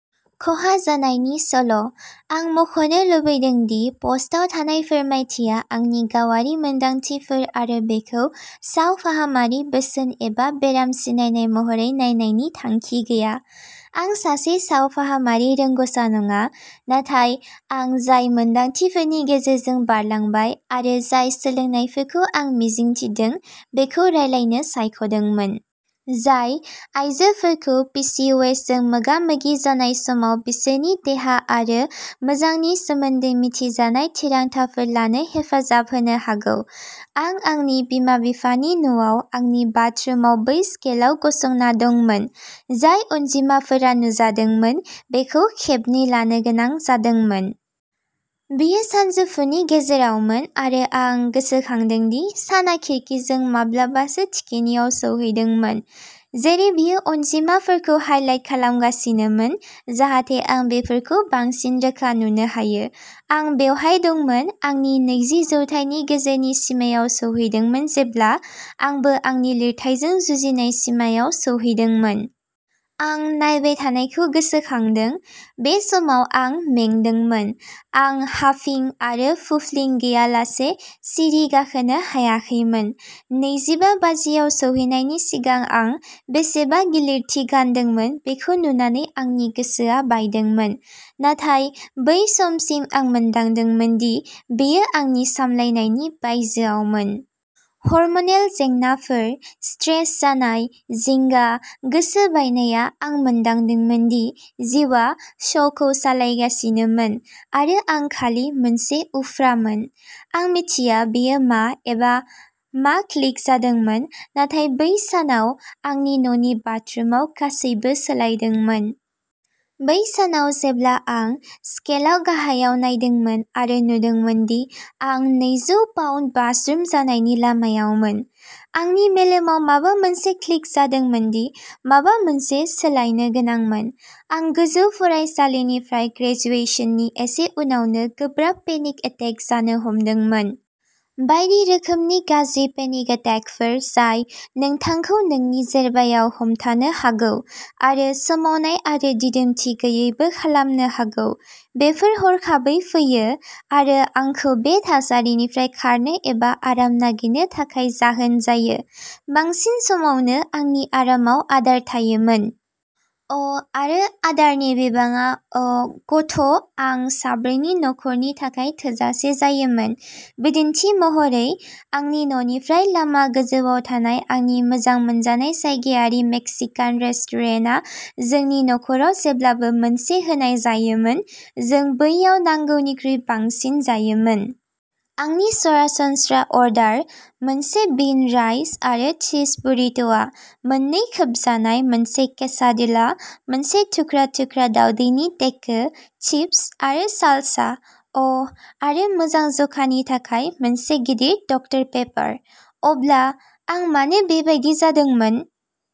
खहा जानायनि सल' आं मख'नो लुबैदों दि प'स्टआव थानाय फोरमायथिया आंनि गावारि मोनदांथिफोर आरो बेखौ सावफाहामारि बोसोन एबा बेराम सिनायनाय महरै नायनायनि थांखि गैया। आं सासे सावफाहामारि रोंग'सा नङा। नाथाय आं जाय मोनदांथिफोरनि गेजेरजों बारलांबाय आरो जाय सोलोंनायफोरखौ आं मिजिं थिदों बेखौ रानलायनो सायख'दोंमोन। जाय आयजोफोरखौ पि चि अ एस जों मोगा-मोगि जानाय समाव बिसोरनि देहा आरो मोजांनि सोमोन्दै मिथिजानाय थिरांथाफोर लानो हेफाजाब होनो हागौ। आं आंनि बिमा-बिफानि न'आव आंनि बाथरुमआव बै स्केलआव गसंना दंमोन। जाय अनजिमाफोरा नुजादोंमोन बेखौ खेबनै लानो गोनां जादोंमोन। बेयो सानजौफुनि गेजेरावमोन आरो आं गोसोखांदों दि साना खिरखिजों माब्लाबासो थिखिनियाव सौहैदोंमोन। जेरै बेयो अनजिमाफोरखौ हाइलाइट खालामगासिनोमोन जाहाथे आं बेफोरखौ बांसिन रोखा नुनो हायो। आं बेवहाय दंमोन आंनि नैजि जौथायनि गेजेरनि सिमायाव सौहैदोंमोन जेब्ला आंबो आंनि लिरथायजों जुजिनाय सिमायाव सौहैदोंमोन। आं नायबाय थानायखौ गोसोखांदों। बे समाव आं मेंदोंमोन। आं हाफिं आरो फुफ्लिं गैयालासे सिरि गाखोनो हायाखैमोन। नैजि बा बाजिआव सौहैनायनि सिगां आं बेसेबां गिलिरथि गानदोंमोन बेखौ नुनानै आंनि गोसोआ बायदोंमोन। नाथाय बै समसिम आं मोनदांदोंमोन दि बेयो आंनि सामलायनायनि बायजोआवमोन। हरम'नेल जेंनाफोर स्ट्रेस जानाय, जिंगा, गोसो बायनाया आं मोनदांदोंमोन दि जिउआ श'खौ सालायगासिनोमोन आरो आं खालि मोनसे उफ्रामोन। आं मिथिया बेयो मा एबा मा क्लिक जादोंमोन। नाथाय बै सानाव आंनि न'नि बाथरुमाव गासैबो सोलायदोंमोन। बै सानाव जेब्ला आं स्केलआव गाहायाव नायदोंमोन आरो नुदोंमोन दि आं नैजौ पाउन्द बाज्रुम जानायनि लामायावमोन। आंनि मेलेमाव माबा मोनसे क्लिक जादोंमोन दि माबा मोनसे सोलायनो गोनांमोन। आं गोजौ फरायसालिनिफ्राय ग्रेजुएशननि एसे उनावनो गोब्राब पेनिक एटेक जानो हमदोंमोन। बायदि रोखोमनि गाज्रि पेनिक एटेकफोर जाय नोंथांखौ नोंनि जेरबायाव हमथानो हागौ। आरो सोमावनाय आरो दिदोमथि गैयैबो खालामनो हागौ। बेफोर हरखाबै फैयो आरो आंखौ बे थासारिनिफ्राय खारनो एबा आराम नागिरनो थाखाय जाहोन जायो। बांसिन समावनो आंनि आरामाव आदार थायोमोन। अ आरो आदारनि बिबाङा अ' गथ' आं साब्रैनि नखरनि थाखाय थोजासे जायोमोन। बिदिन्थि महरै आंनि न'निफ्राय लामा गोजौआव थानाय आंनि मोजां मोनजानाय जायगायारि मेक्सिकान रेस्टुरेन्टआ जोंनि न'खराव जेब्लाबो मोनसे होनाय जायोमोन। जों बैयाव नांगौनिख्रुइ बांसिन जायोमोन। आंनि सरासनस्रा अरडार मोनसे बिन राइस आरो चीज बुरिट आ मोननै खोबजानाय मोनसे केसाडिला मोनसे थुख्रा-थुख्रा दावदैनि टेको, चिप्स आरो सालसा, अ आरो मोजां जखानि थाखाय मोनसे गिदिर डक्टर पेपार। अब्ला आं मानो बेबायदि जादोंमोन?